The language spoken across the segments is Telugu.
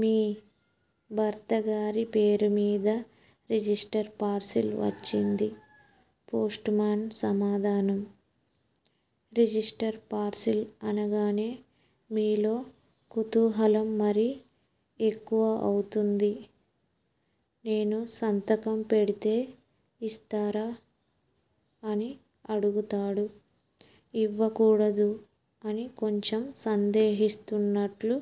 మీ భర్తగారి పేరు మీద రిజిస్టర్ పార్సిల్ వచ్చింది. పోస్టుమాన్ సమాధానం. రిజిస్టర్డ్ పార్సిల్ అనగానే మీలో కుతూహలం మరీ ఎక్కువ అవుతుంది. నేను సంతకం పెడితే ఇస్తారా? అని అడుగుతాడు. ఇవ్వకూడదు. అని కొంచెం సందేహిస్తున్నట్లు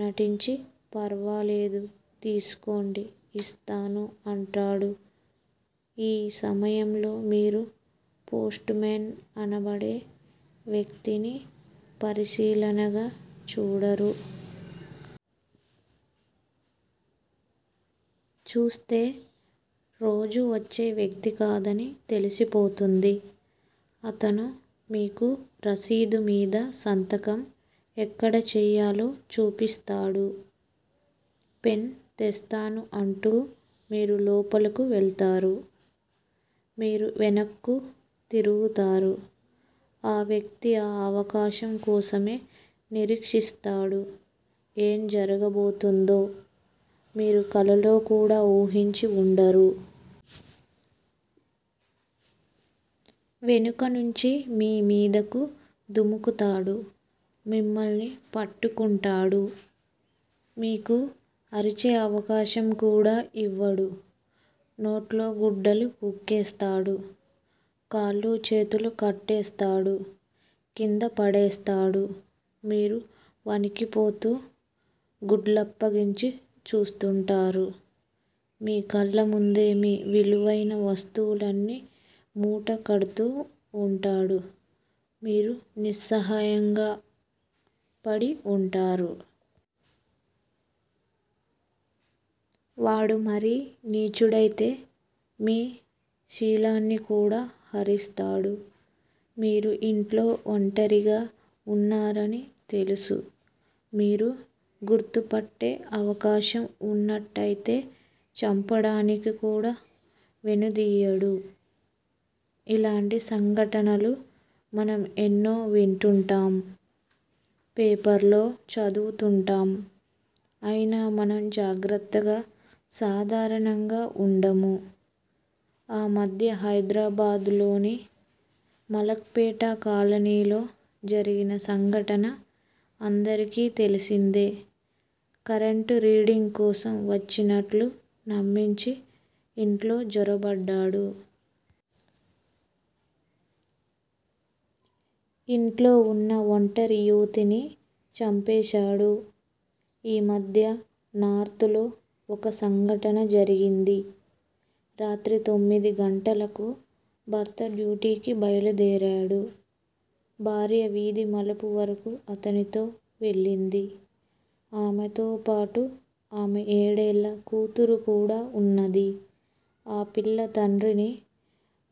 నటించి ఫర్వాలేదు తీసుకోండి ఇస్తాను అంటాడు. ఈ సమయంలో మీరు పోస్ట్ మెన్ అనబడే వ్యక్తిని పరిశీలనగా చూడరు. చూస్తే రోజూ వచ్చే వ్యక్తికాదని తెలిసిపోతుంది. అతను మీకు రసీదు మీద సంతకం ఎక్కడ చెయ్యాలో చూపిస్తాడు. పెన్ తెస్తాను అంటూ మీరు లోపలకు వెళ్తారు. మీరు వెనక్కు తిరుగుతారు. ఆ వ్యక్తి ఆ అవకాశం కోసమే నిరీక్షిస్తాడు ఏం జరుగబోతోందో మీరు కలలో కూడా వూహించి ఉండరు. వెనక నుంచి మీ మీదకు దుముకుతాడు మిమ్మల్ని పట్టుకుంటాడు. మీకు అరిచే అవకాశం కూడా ఇవ్వడు. నోట్లో గుడ్డలు కుక్కేస్తాడు కాళ్ళూ చేతులూ కట్టేస్తాడు కింద పడేస్తాడు మీరు వణికిపోతూ, గుడ్లప్పగించి చూస్తుంటారు. మీ కళ్ళముందే మీ విలువైన వస్తువులన్నీ మూట కడ్తూ ఉంటాడు. మీరు నిస్సహాయంగా పడి ఉంటారు. వాడు మరీ నీచుడైతే మీ శీలాన్ని కూడా హరిస్తాడు మీరు ఇంట్లో వంటరిగా ఉన్నారని తెలుసు మీరు గుర్తుపట్టే అవకాశం ఉన్నట్టయితే చంపడానికి కూడా వెనుదీయడు. ఇలాంటి సంఘటనలు మనం ఎన్నో వింటుంటాం. పేపర్ లో చదువుతుంటాం అయినా మనం జాగ్రత్తగా సాధారణంగా ఉండము. ఆ మధ్య హైదరాబాద్ లోని మలక్ పేట కాలనీలో జరిగిన సంఘటన అందరికీ తెలిసిందే కరెంటు రీడింగ్ కోసం వచ్చినట్లు నమ్మించి ఇంట్లో జొరబడ్డాడు. ఇంట్లో ఉన్న ఒంటరి యువతిని చంపేశాడు. ఈ మధ్య నార్తులో ఒక సంఘటన జరిగింది. రాత్రి తొమ్మిది గంటలకు భర్త డ్యూటీకి బయలుదేరాడు. భార్య వీధి మలుపు వరకూ అతనితో వెళ్ళింది ఆమెతోపాటు ఆమె ఏడేళ్ల కూతురు కూడా ఉన్నది ఆ పిల్ల తండ్రిని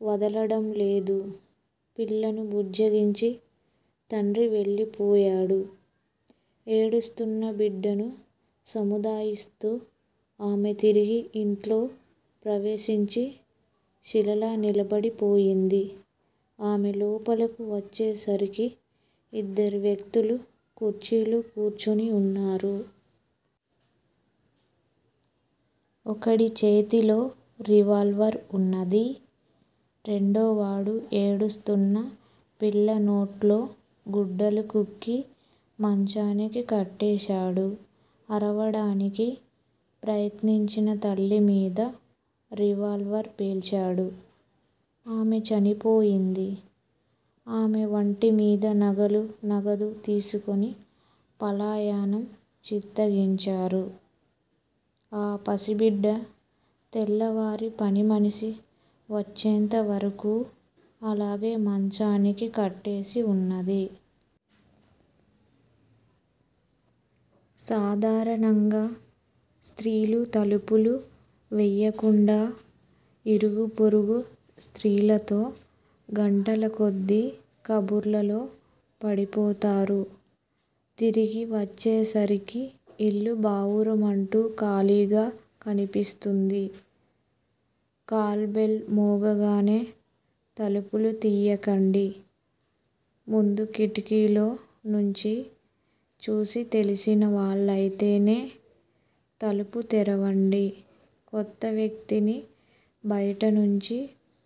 వదలడంలేదు పిల్లను బుజ్జగించి తండ్రి వెళ్ళిపోయాడు ఏడుస్తున్న బిడ్డను సముదాయిస్తూ ఆమె తిరిగి ఇంట్లో ప్రవేశించి శిలలా నిలబడిపోయింది ఆమె లోపలకు వచ్చేసరికి ఇద్దరు వ్యక్తులు కుర్చీలో కూర్చుని ఉన్నారు. ఒకడి చేతిలో రివాల్వర్ ఉన్నది. రెండోవాడు ఏడుస్తున్న పిల్లనోట్లో గుడ్డలు కుక్కి మంచానికి కట్టేశాడు. అరవడానికి ప్రయత్నించిన తల్లి మీద రివాల్వర్ పేల్చాడు ఆమె చనిపోయింది ఆమె వంటి మీద నగలూ, నగదు తీసుకొని పలాయనం చిత్తగించారు. ఆ పసిబిడ్డ తెల్లవారి పనిమనిషి వచ్చేంత వరకూ అలాగే మంచానికి కట్టేసి ఉన్నది. సాధారణంగా స్త్రీలు తలుపులు వెయ్యకుండా ఇరుగుపొరుగు స్త్రీలతో గంటలకొద్దీ కబుర్లలో పడిపోతారు. తిరిగి వచ్చేసరికి ఇల్లు బావురుమంటూ ఖాళీగా కనిపిస్తుంది. కాల్ బెల్ మోగగానే తలుపు తియ్యకండి. ముందు కిటికీలో నుంచి చూసి తెలిసిన వాళ్ళయితేనే తలుపు తెరవండి. కొత్త వ్యక్తిని బయటనుంచి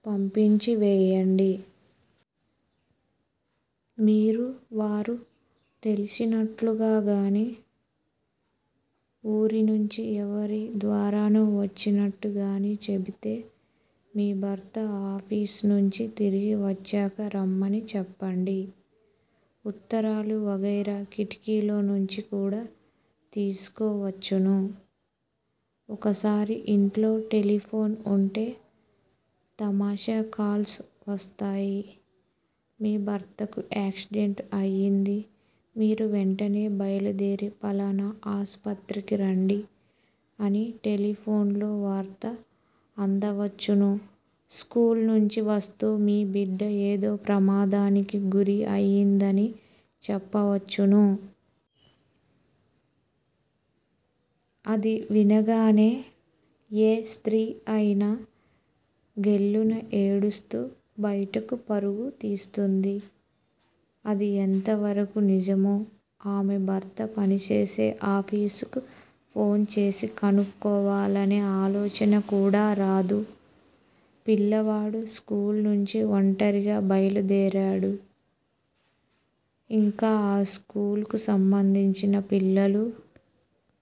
పంపించి వెయ్యండి. మీరు వారు తెలిసినట్లుగ గానీ, వూరి నుంచి ఎవరి ద్వారానో వచ్చినట్టు కాని చెబితే మీ భర్త ఆఫీసు నుంచి తిరిగి వచ్చాక రమ్మని చెప్పండి. ఉత్తరాలూ వగైరా కిటికీలో నుంచి కూడా తీసుకోవచ్చును. ఒకసారి ఇంట్లో టెలిఫోన్ ఉంటే తమాషా కాల్స్ వస్తాయి. మీ భర్తకు యాక్సిడెంట్ అయింది మీరు వెంటనే బయలుదేరి ఫలానా ఆసుపత్రికి రండి అని టెలిఫోన్ లో వార్త అందవచ్చును స్కూలు నుంచి వస్తూ మీ బిడ్డ ఏదో ప్రమాదానికి గురి అయిందని చెప్పవచ్చును. అది వినగానే ఏ స్త్రీ అయినా ఘొల్లున ఏడుస్తూ బయటకు పరుగు తీస్తుంది. అది ఎంతవరకు నిజమో ఆమె భర్త పనిచేసే ఆఫీసుకు ఫోన్ చేసి కనుక్కోవాలనే ఆలోచన కూడా రాదు. పిల్లవాడు స్కూలు నుంచి ఒంటరిగా బయలుదేరాడు. ఇంకా ఆ స్కూలుకు సంబంధించిన పిల్లలు